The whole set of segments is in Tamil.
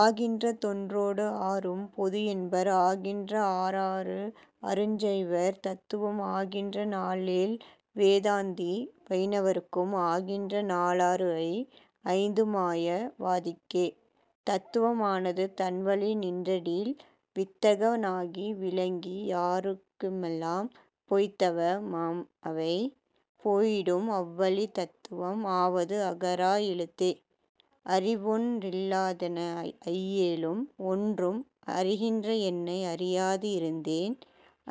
ஆகின்ற தொண்ணூறோடு ஆறும் பொதுஎன்பர் ஆகின்ற ஆறாறு அருஞ்சைவர் தத்துவம் ஆகின்ற நாலேழ் வேதாந்தி வயிணவர்க்கு ஆகின்ற நாலாறுஐ ஐந்துமாயா வாதிக்கே. தத்துவ மானது தன்வழி நின்றிடில் வித்தக னாகி விளங்கி யிருக்கலாம் பொய்த்துவ மாம்அவை போயிடும் அவ்வழி தத்துவம் ஆவது அகார எழுத்தே. அறிவொன் றிலாதன ஐஏழும் ஒன்றும் அறிகின்ற என்னை அறியாது இருந்தேன்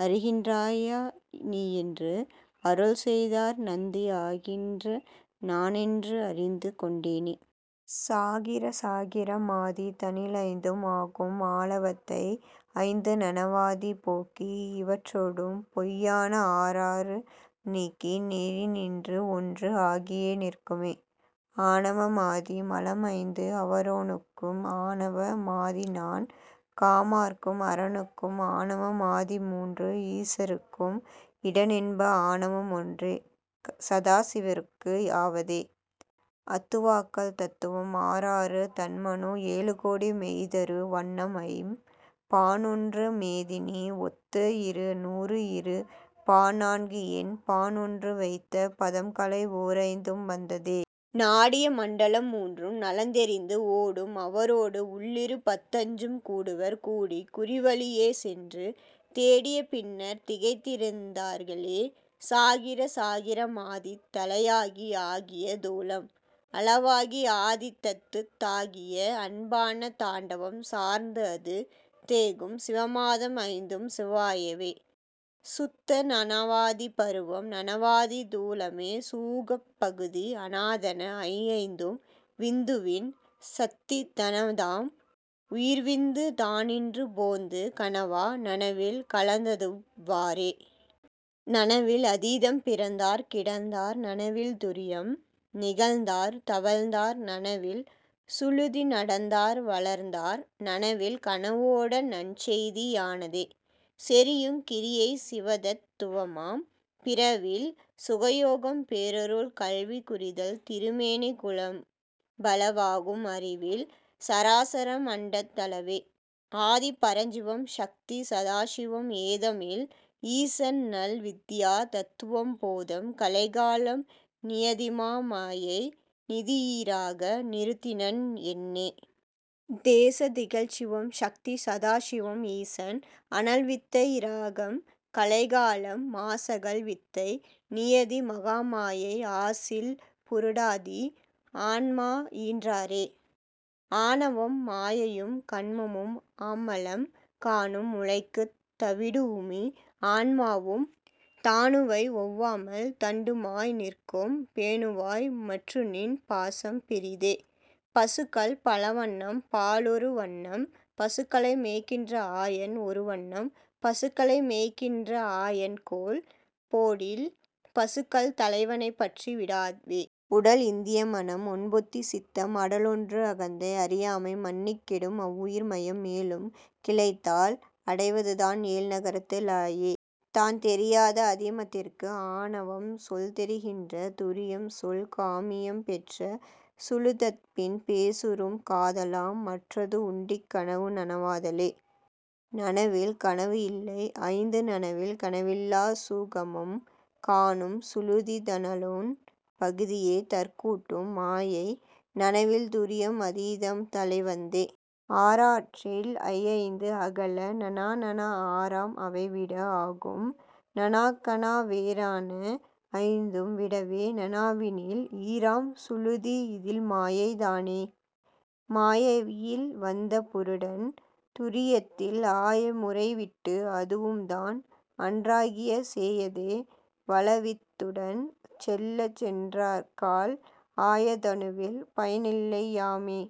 அறிகின்றாய் நீஎன்று அருள்செய்தார் நந்தி அறிகின்ற நானென்று அறிந்து கொண்டேனே. சாக்கிர சாக்கிர மாதி தனில்ஐந்தும் ஆக்கும் மலாவத்தை ஐந்து நனவாதி போக்கி இவற்றொடும் பொய்யான ஆறாறு நீக்கி நெறிநின்றுஒன்று ஆகியே நிற்குமே. ஆணவ மாதி மலம்ஐந்து அவரோனுக்கு ஆணவ மாதிநான் காம்மாற்கு அரனுக்கு ஆணவ மாதிமூன்று ஈசர்க்கு இரண்டென்ப ஆணவம் ஒன்றே சதாசிவற்கு ஆவதே.. அத்துவாக்கள் தத்துவம் ஆறாறு தன்மனு ஏழ்கோடி மெய்த்தரு வன்னம்ஐம் பான்ஒன்று மேதினி ஒத்துஇரு நூற்றுஇரு பான்நான்குஎண் பான்ஒன்று வைத்த பதம்கலை ஓர்ஐந்தும் வந்தவே. நாடிய மண்டலம் மூன்றும் நலந்தெரிந்து ஓடும் அவரோடு உள்இரு பத்துஐஞ்சும் கூடுவர் கூடிக் குறிவழி யேசென்று தேடிய பின்னர்த் திகைத்திருந் தார்களே. சாக்கிர சாக்கிர மாதித் தலையாக்கி ஆக்கிய தூலம் அளவாக்கி அதீதத்துத் தாக்கிய அன்பான தாண்டவம் சார்ந்துஅது தேக்கும் சிவமாதல் ஐந்தும் சிவாயவே.. சுத்த நனவாதி பருவம் நானவாதி தூலமே சூக்கப் பகுதி அனதான ஐஐந்தும் விந்துவின் சத்தி தனதாம் உயிர்விந்து தான்நின்று போந்து கனவா நனவில் கலந்ததுஇவ் வாறே. நனவில் அதீதம் பிறந்தார் கிடந்தார் நனவில் துரியம் நிகழ்ந்தார் தவழ்ந்தார் நனவில் சுழுத்தி நடந்தார் வளர்ந்தார் நனவில் கனவுஓட நன்செய்தி யானதே. செறியுங் கிரியை சிவதத் துவமாம் பிறிவில் சுகயோகம் பேரருள் கல்வி குறிதல் திருமேனி குணம்பல வாகும் அறிவில் சராசரம் அண்டத் தளவே. ஆதி பரஞ்சிவம் சத்தி சதாசிவம் ஏதம்இல் ஈசன்நல் வித்தியா தத்துவம் போதம் கலைகாலம் நியதிமா மாயை நீதிஈ றாக நிறுத்தினன் என்னே. தேச திகழ்சிவம் சத்தி சதாசிவம் ஈசன் அனல்வித்தை இராகம் கலைகாலம் மாசகல் வித்தை நியதி மகாமாயை ஆசில் புருடாதி ஆன்மாஈ றாறே. ஆணவம் மாயையும் கன்மமும் ஆம்மலம் காணும் முளைக்குத் தவிடுஉமி ஆன்மாவும் தாணுவை ஒவ்வாமல் தண்டுலமாய் நிற்கும் பேணுவாய் மற்றுநின் பாசம் பிரித்தே. பசுக்கள் பலவண்ணம் பாலொரு வண்ணம் பசுக்களை மேய்க்கின்ற ஆயன் ஒருவண்ணம் பசுக்களை மேய்க்கின்ற ஆயன்கோல் போடில் பசுக்கள் தலைவனைப் பற்றி விடாவே. உடல்இந் தியம்மனம் ஒண்புத்தி சித்தம் அடலொன்று அகந்தை அறியாமை மன்னிக் கெடும்அவ் வுயிர்மயல் மேலும் கிளைத்தால் அடைவது தான்ஏழ் நரகத்து ளாயே. தன்தெரியாத அதீதம்தற்கு ஆணவம் சொல்தெரி கின்ற துரியம்சொல் காமியம் பெற்ற சுழுத்திப்பின் பேசுறும் காதலாம் மற்றது உண்டிக் கனவுநன வாதலே. நனவில் கனவுஇல்லை ஐந்து நனவில் கனவிலாச் சூக்குமம் காணும் சுழுத்தி தனலுண் பகுதியே தற்கூட்டும் மாயை நனவில் துரியம் அதீதம் தலைவந்தே. ஆறாறில் ஐஐந்து அகல நனாநனா ஆறாம் அவைவிட ஆகும் நனாக்கனா வேறான ஐந்தும் விடவே நனாவினில் ஈறாம் சுழுத்தி இதில்மாயை தானே. மாயையில் வந்த புருடன் துரியத்தில் ஆய முறைவிட்டு அதுவும்தான் அன்றாகிச் சேயதே வலவித் துடன் செல்லச் சென்றக்கால் ஆய தனுவின் பயனில்லை யாமே.